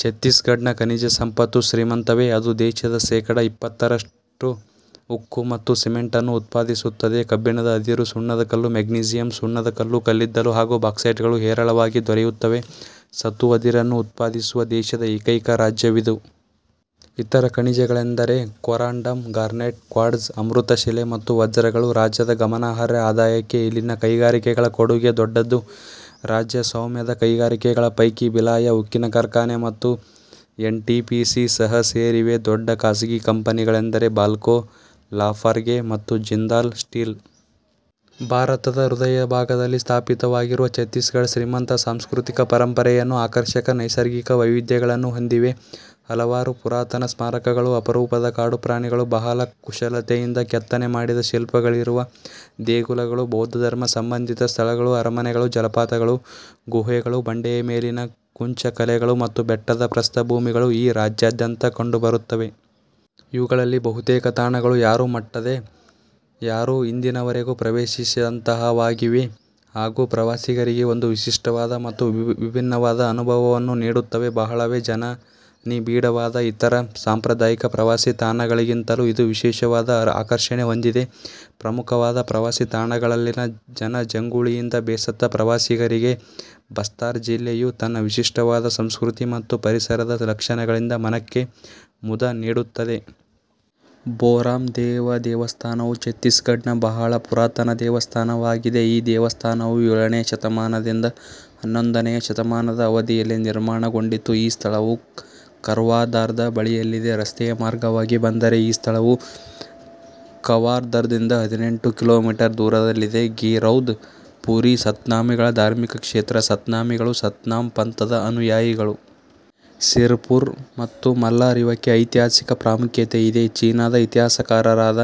ಛತ್ತೀಸ್ ಘಡ್ ನ ಖನಿಜ ಸಂಪತ್ತೂ ಶ್ರೀಮಂತವೇ. ಅದು ದೇಶದ ಶೇಖಡ ಇಪ್ಪತ್ತರಷ್ಟು ಉಕ್ಕು ಮತ್ತು ಸಿಮೆಂಟ್ ಅನ್ನು ಉತ್ಪಾದಿಸುತ್ತದೆ. ಕಬ್ಬಿಣದ ಅದಿರು, ಸುಣ್ಣದಕಲ್ಲು, ಮೆಗ್ನೀಶಿಯಮ್ ಸುಣ್ಣದ ಕಲ್ಲು, ಕಲ್ಲಿದ್ದಲು, ಹಾಗೂ ಬಾಕ್ಸೈಟ್ ಗಳು ಹೇರಳವಾಗಿ ದೊರೆಯುತ್ತವೆ. ಸತು ಅದಿರನ್ನು ಉತ್ಪಾದಿಸುವ ದೇಶದ ಏಕೈಕ ರಾಜ್ಯವಿದು. ಇತರ ಖನಿಜಗಳೆಂದರೆ ಕೊರಾಂಡಮ್, ಗಾರ್ನೆಟ್, ಕ್ವಾರ್ಟ್ಝ್, ಅಮೃತಶಿಲೆ ಮತ್ತು ವಜ್ರಗಳು. ರಾಜ್ಯದ ಗಮನಾರ್ಹ ಆದಾಯಕ್ಕೆ ಇಲ್ಲಿನ ಕೈಗಾರಿಕೆಗಳ ಕೊಡುಗೆ ದೊಡ್ಡದು. ರಾಜ್ಯ-ಸ್ವಾಮ್ಯದ ಕೈಗಾರಿಕೆಗಳ ಪೈಕಿ ಭಿಲಾಯ್ ಉಕ್ಕಿನ ಕಾರ್ಖಾನೆ ಮತ್ತು ಎನ್. ಟಿ. ಪಿ. ಸಿ. ಸಹ ಸೇರಿವೆ. ದೊಡ್ಡ ಖಾಸಗಿ ಕಂಪನಿಗಳೆಂದರೆ ಬಾಲ್ಕೋ, ಲಾಫಾರ್ಗೆ ಮತ್ತು ಜಿಂದಾಲ್ ಸ್ಟೀಲ್. ಭಾರತದ ಹೃದಯಭಾಗದಲ್ಲಿ ಸ್ಥಾಪಿತವಾಗಿರುವ ಛತ್ತೀಸ್ ಘಡ್ ಶ್ರೀಮಂತ ಸಾಂಸ್ಕೃತಿಕ ಪರಂಪರೆಯನ್ನೂ, ಆಕರ್ಷಕ ನೈಸರ್ಗಿಕ ವೈವಿಧ್ಯಗಳನ್ನೂ ಹೊಂದಿದೆ. ಹಲವಾರು ಪುರಾತನ ಸ್ಮಾರಕಗಳು, ಅಪರೂಪದ ಕಾಡುಪ್ರಾಣಿಗಳು, ಬಹಳ ಕುಶಲತೆಯಿಂದ ಕೆತ್ತನೆ ಮಾಡಿದ ಶಿಲ್ಪಗಳಿರುವ ದೇಗುಲಗಳು, ಬೌದ್ಧ ಧರ್ಮ ಸಂಬಂಧಿತ ಸ್ಥಳಗಳು, ಅರಮನೆಗಳು, ಜಲಪಾತಗಳು, ಗುಹೆಗಳು, ಬಂಡೆಯ ಮೇಲಿನ ಕುಂಚಕಲೆಗಳು ಮತ್ತು ಬೆಟ್ಟದ ಪ್ರಸ್ಥಭೂಮಿಗಳು ಈ ರಾಜ್ಯಾದ್ಯಂತ ಕಂಡುಬರುತ್ತವೆ. ಇವುಗಳಲ್ಲಿ ಬಹುತೇಕ ತಾಣಗಳು ಯಾರೂ ಮಟ್ಟದೆ, ಯಾರೂ ಇಂದಿನವರೆಗೂ ಪ್ರವೇಶಿಸದಂತಹವಾಗಿವೆ ಹಾಗೂ ಪ್ರವಾಸಿಗರಿಗೆ ಒಂದು ವಿಶಿಷ್ಟವಾದ ಮತ್ತು ವಿಭಿನ್ನವಾದ ಅನುಭವವನ್ನು ನೀಡುತ್ತವೆ; ಬಹಳವೇ ಜನನಿಬಿಡವಾದ ಇತರ ಸಾಂಪ್ರದಾಯಿಕ ಪ್ರವಾಸಿ ತಾಣಗಳಿಗಿಂತಲೂ ಇದು ವಿಶೇಷವಾದ ಆಕರ್ಷಣೆ ಹೊಂದಿದೆ. ಪ್ರಮುಖವಾದ ಪ್ರವಾಸಿ ತಾಣಗಳಲ್ಲಿನ ಜನಜಂಗುಳಿಯಿಂದ ಬೇಸತ್ತ ಪ್ರವಾಸಿಗರಿಗೆ ಬಸ್ತಾರ್ ಜಿಲ್ಲೆಯು ತನ್ನ ವಿಶಿಷ್ಟವಾದ ಸಂಸ್ಕೃತಿ ಮತ್ತು ಪರಿಸರದ ಲಕ್ಷಣಗಳಿಂದ ಮನಕ್ಕೆ ಮುದ ನೀಡುತ್ತದೆ. ಭೋರಾಮ್ ದೇವ್ ದೇವಸ್ಥಾನವೂ ಛತ್ತೀಸ್ ಘಡ್ ನ ಬಹಳ ಪುರಾತನ ದೇವಸ್ಥಾನವಾಗಿದೆ. ಈ ದೇವಸ್ಥಾನವು ಏಳನೆಯ ಶತಮಾನದಿಂದ ಹನ್ನೊಂದನೆಯ ಶತಮಾನದ ಅವಧಿಯಲ್ಲಿ ನಿರ್ಮಾಣಗೊಂಡಿತು. ಈ ಸ್ಥಳವು ಕವಾರ್ಧಾದ ಬಳಿಯಲ್ಲಿದೆ. ರಸ್ತೆಯ ಮಾರ್ಗವಾಗಿ ಬಂದರೆ ಈ ಸ್ಥಳವು ಕವಾರ್ಧಾದಿಂದ ಹದಿನೆಂಟು ಕಿಲೋಮೀಟರ್ ದೂರದಲ್ಲಿದೆ. ಗಿರೌಧ್ ಪುರಿ ಸತ್ನಾಮೀಗಳ ಧಾರ್ಮಿಕ ಕ್ಷೇತ್ರ; ಸತ್ನಾಮಿಗಳು ಸತ್ನಾಮ್ ಪಂಥದ ಅನುಯಾಯಿಗಳು. ಸಿರ್ ಪುರ್ ಮತ್ತು ಮಲ್ಹಾರ್ ಇವಕ್ಕೆ ಐತಿಹಾಸಿಕ ಪ್ರಾಮುಖ್ಯತೆಯಿದೆ; ಚೀನಾದ ಇತಿಹಾಸಕಾರರಾದ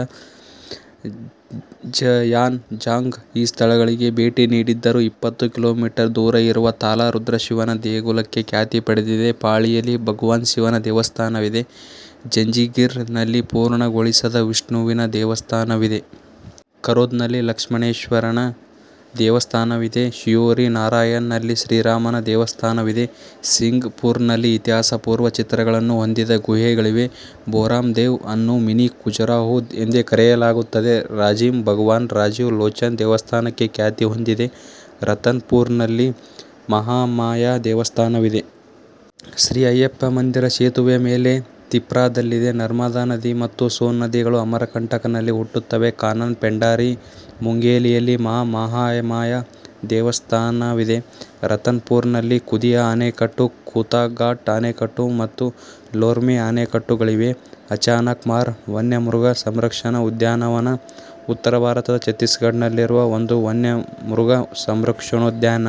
ಝುಯಾನ್ ಝಾಂಗ್ ಈ ಸ್ಥಳಗಳಿಗೆ ಭೇಟಿ ನೀಡಿದ್ದರು. ಇಪ್ಪತ್ತು ಕಿಲೋಮೀಟರ್ ದೂರ ಇರುವ ತಾಲಾ ರುದ್ರಶಿವನ ದೇಗುಲಕ್ಕೆ ಖ್ಯಾತಿ ಪಡೆದಿದೆ. ಪಾಳಿಯಲ್ಲಿ ಭಗವಾನ್ ಶಿವನ ದೇವಸ್ಥಾನವಿದೆ. ಜಂಜಿಗಿರ್ ನಲ್ಲಿ ಪೂರ್ಣಗೊಳಿಸದ ವಿಷ್ಣುವಿನ ದೇವಸ್ಥಾನವಿದೆ. ಖರೋದ್ ನಲ್ಲಿ ಲಕ್ಷ್ಮಣೇಶ್ವರನ ದೇವಸ್ಥಾನವಿದೆ. ಶಿಯೋರಿ ನಾರಾಯಣ್ ನಲ್ಲಿ ಶ್ರೀರಾಮನ ದೇವಸ್ಥಾನವಿದೆ ಸಿಂಘ್ ಪುರ್ ನಲ್ಲಿ ಇತಿಹಾಸ-ಪೂರ್ವ ಚಿತ್ರಗಳನ್ನು ಹೊಂದಿದ ಗುಹೆಗಳಿವೆ. ಭೋರಾಮ್ ದೇವ್ ಅನ್ನು ಮಿನಿ ಖಜುರಾಹೋ ಎಂದೇ ಕರೆಯಲಾಗುತ್ತದೆ ರಾಜಿಮ್ ಭಗವಾನ್ ರಾಜೀವ ಲೋಚನ ದೇವಸ್ಥಾನಕ್ಕೆ ಖ್ಯಾತಿಹೊಂದಿದೆ. ರತನ್ ಪುರ್ ನಲ್ಲಿ ಮಹಾಮಾಯಾ ದೇವಸ್ಥಾನವಿದೆ. ಶ್ರೀ ಅಯ್ಯಪ್ಪ ಮಂದಿರ ಸೇತುವೆಯ ಮೇಲೆ, ತಿಫ್ರಾದಲ್ಲಿದೆ ನರ್ಮದಾ ನದಿ ಮತ್ತು ಸೋನ್ ನದಿಗಳು ಅಮರ್ ಕಂಟಕ್ ನಲ್ಲಿ ಹುಟ್ಟುತ್ತವೆ ಕಾನನ್ ಪೆಂಡಾರಿ ಮುಂಗೇಲಿಯಲ್ಲಿ ಮಾ ಮಹಾಮಾಯಾ ದೇವಸ್ಥಾನವಿದೆ ರತನ್ ಪುರ್ ನಲ್ಲಿ ಖುದಿಯಾ ಅಣೆಕಟ್ಟು, ಖುತಾಘಾಟ್ ಅಣೆಕಟ್ಟು, ಮತ್ತು ಲೋರ್ಮಿ ಅಣೆಕಟ್ಟುಗಳಿವೆ ಅಚಾನಕ್ ಮಾರ್ ವನ್ಯಮೃಗ ಸಂರಕ್ಷಣಾ ಉದ್ಯಾನವನ ಉತ್ತರ ಭಾರತದ ಛತ್ತೀಸ್ ಘಡ್ ನಲ್ಲಿರುವ ಒಂದು ವನ್ಯಮೃಗ ಸಂರಕ್ಷಣೋದ್ಯಾನ.